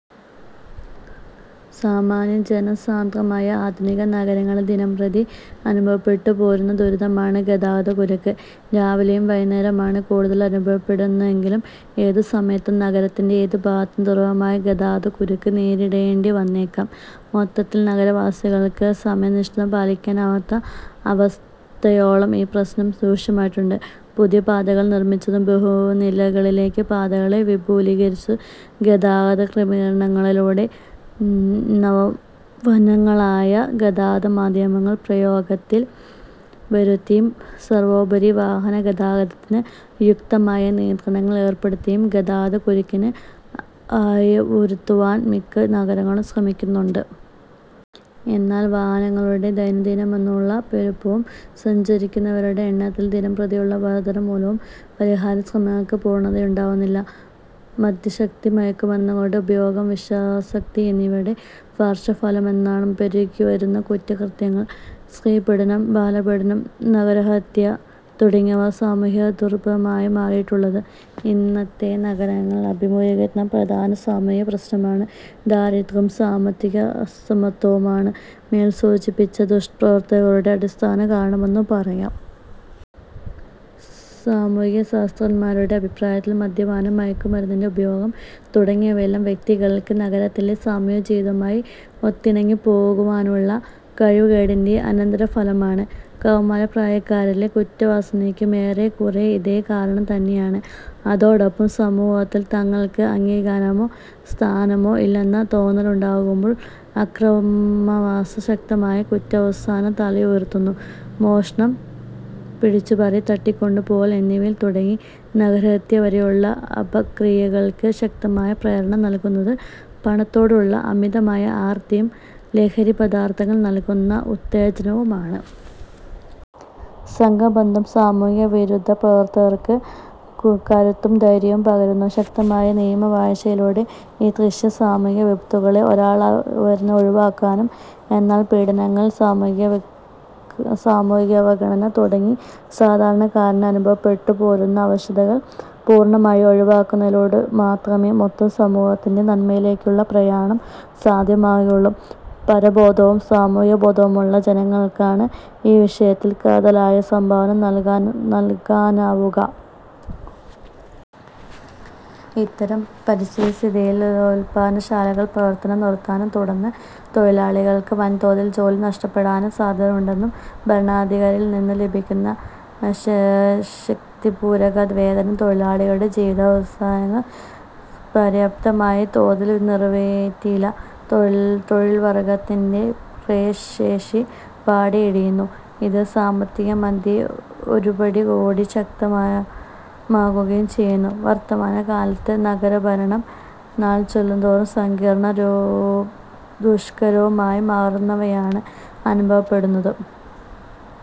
സാമാന്യം ജനസാന്ദ്രമായ ആധുനിക നഗരങ്ങളിൽ ദിനംപ്രതി അനുഭവപ്പെട്ടുപോരുന്ന ദുരിതമാണ് ഗതാഗതക്കുരുക്ക്. രാവിലെയും വൈകുന്നേരവുമാണ് കൂടുതലായി അനുഭവപ്പെടുന്നതെങ്കിലും ഏതു സമയത്തും നഗരത്തിന്റെ ഏതുഭാഗത്തിനും ദുർവഹമായ ഗതാഗതക്കുരുക്ക് നേരിടേണ്ടിവന്നേക്കാം. മൊത്തത്തിൽ നഗരവാസികൾക്ക് സമയനിഷ്ഠ പാലിക്കാനാവാത്ത അവസ്ഥയോളം ഈ പ്രശ്നം രൂക്ഷമായിട്ടുണ്ട്. പുതിയ പാതകൾ നിർമിച്ചും ബഹുനിലകളിലേക്ക് പാതകളെ വിപുലീകരിച്ചും ഗതാഗതക്രമീകരണങ്ങളിലൂടെയും നവംനവങ്ങളായ ഗതാഗതമാധ്യമങ്ങൾ പ്രയോഗത്തിൽ വരുത്തിയും സർവോപരി വാഹനഗതാഗതത്തിന് യുക്തമായ നിയന്ത്രണങ്ങൾ ഏർപ്പെടുത്തിയും ഗതാഗതക്കുരുക്കിന് അയവുവരുത്തുവാൻ മിക്ക നഗരങ്ങളും ശ്രമിക്കുന്നുണ്ട്. എന്നാൽ വാഹനങ്ങളുടെ ദൈനംദിനമെന്നോണമുള്ള പെരുപ്പവും സഞ്ചരിക്കുന്നവരുടെ എണ്ണത്തിൽ ദിനംപ്രതിയുള്ള വർധനവുംമൂലം പരിഹാരശ്രമങ്ങൾക്ക് പൂർണതയുണ്ടാവുന്നില്ല. മദ്യാസക്തി, മയക്കുമരുന്നുകളുടെ ഉപഭോഗം, വിഷയാസക്തി എന്നിവയുടെ പാർശ്വഫലമെന്നോണം പെരുകിവരുന്ന കുറ്റകൃത്യങ്ങൾ, സ്ത്രീപീഡനം, ബാലപീഡനം, നരഹത്യ തുടങ്ങിയവ സാമൂഹികാർബുദമായി മാറിയിട്ടുള്ളത് ഇന്നത്തെ നഗരങ്ങൾ അഭിമുഖീകരിക്കുന്ന പ്രധാന സാമൂഹിക പ്രശ്നമാണ്. ദാരിദ്ര്യവും സാമ്പത്തിക അസമത്വവുമാണ് മേൽസൂചിപ്പിച്ച ദുഷ്പ്രവണതകളുടെ അടിസ്ഥാനകാരണമെന്നു പറയാം. സാമൂഹികശാസ്ത്രജ്ഞന്മാരുടെ അഭിപ്രായത്തിൽ മദ്യപാനം, മയക്കുമരുന്നിന്റെ ഉപയോഗം തുടങ്ങിയവയെല്ലാം വ്യക്തികൾക്ക് നഗരത്തിലെ സമൂഹജീവിതവുമായി ഒത്തിണങ്ങിപ്പോകുവാനുള്ള കഴിവുകേടിന്റെ അനന്തരഫലമാണ്. കൗമാരപ്രായക്കാരിലെ കുറ്റവാസനയ്ക്കും ഏറെക്കുറെ ഇതേ കാരണം തന്നെയാണ്; അതോടൊപ്പം സമൂഹത്തിൽ തങ്ങൾക്ക് അംഗീകാരമോ സ്ഥാനമോ ഇല്ലെന്ന തോന്നലുണ്ടാവുമ്പോൾ അക്രമാസക്തമായ കുറ്റവാസന തലയുയർത്തുന്നു. മോഷണം, പിടിച്ചുപറി, തട്ടിക്കൊണ്ടുപോകൽ എന്നിവയിൽ തുടങ്ങി നരഹത്യവരെയുള്ള അപക്രിയകൾക്ക് ശക്തമായ പ്രേരണ നല്കുന്നത് പണത്തോടുള്ള അമിതമായ ആർത്തിയും ലഹരിപദാർഥങ്ങൾ നല്കുന്ന ഉത്തേജനവുമാണ്. സംഘബന്ധം സാമൂഹികവിരുദ്ധപ്രവർത്തനങ്ങൾക്ക് കരുത്തും ധൈര്യവും പകരുന്നു. ശക്തമായ നിയമവാഴ്ചയിലൂടെ ഈദൃശ സാമൂഹിക വിപത്തുകളെ ഒരളവുവരെ ഒഴിവാക്കാനാകും. എന്നാൽ പീഡനങ്ങൾ, സാമൂഹികാവഗണന തുടങ്ങി സാധാരണക്കാരന് അനുഭവപ്പെട്ടു പോരുന്ന അവശതകൾ പൂർണമായും ഒഴിവാക്കുന്നതിലൂടെമാത്രമേ മൊത്തം സമൂഹത്തിന്റെ നന്മയിലേക്കുള്ള പ്രയാണം സാധ്യമാവുകയുള്ളൂ. പൗരബോധവും സാമൂഹികാവബോധവുമുള്ള ജനങ്ങൾക്കാണ് ഈ വിഷയത്തിൽ കാതലായ സംഭാവന നല്കാനാവുക. ഇത്തരം പരിതഃസ്ഥിതിയിൽ ഉത്പാദനശാലകൾ പ്രവർത്തനം നിർത്താനും തുടർന്ന്, തൊഴിലാളികൾക്ക് വൻതോതിൽ ജോലി നഷ്ടപ്പെടാനും സാധ്യതയുണ്ടാകുന്നു. ഭരണാധികാരികളിൽനിന്നു ലഭിക്കുന്ന 'ക്ഷതിപൂരക' വേതനം തൊഴിലാളികളുടെ ജീവിതാവശ്യങ്ങൾ പര്യാപ്തമായ തോതിൽ നിറവേറ്റില്ല. തൊഴിലാളിവർഗത്തിന്റെ ക്രയശേഷി പാടേ ഇടിയുന്നു. ഇത് സാമ്പത്തികമാന്ദ്യത്തെ ഒരുപടികൂടി ശക്തമാക്കുകയും ചെയ്യുന്നു. വർത്തമാനകാലത്ത്, നഗരഭരണം നാൾചെല്ലുന്തോറും സങ്കീർണവും ദുഷ്കരവുമായി മാറുന്നതായാണ് അനുഭവപ്പെടുന്നത്.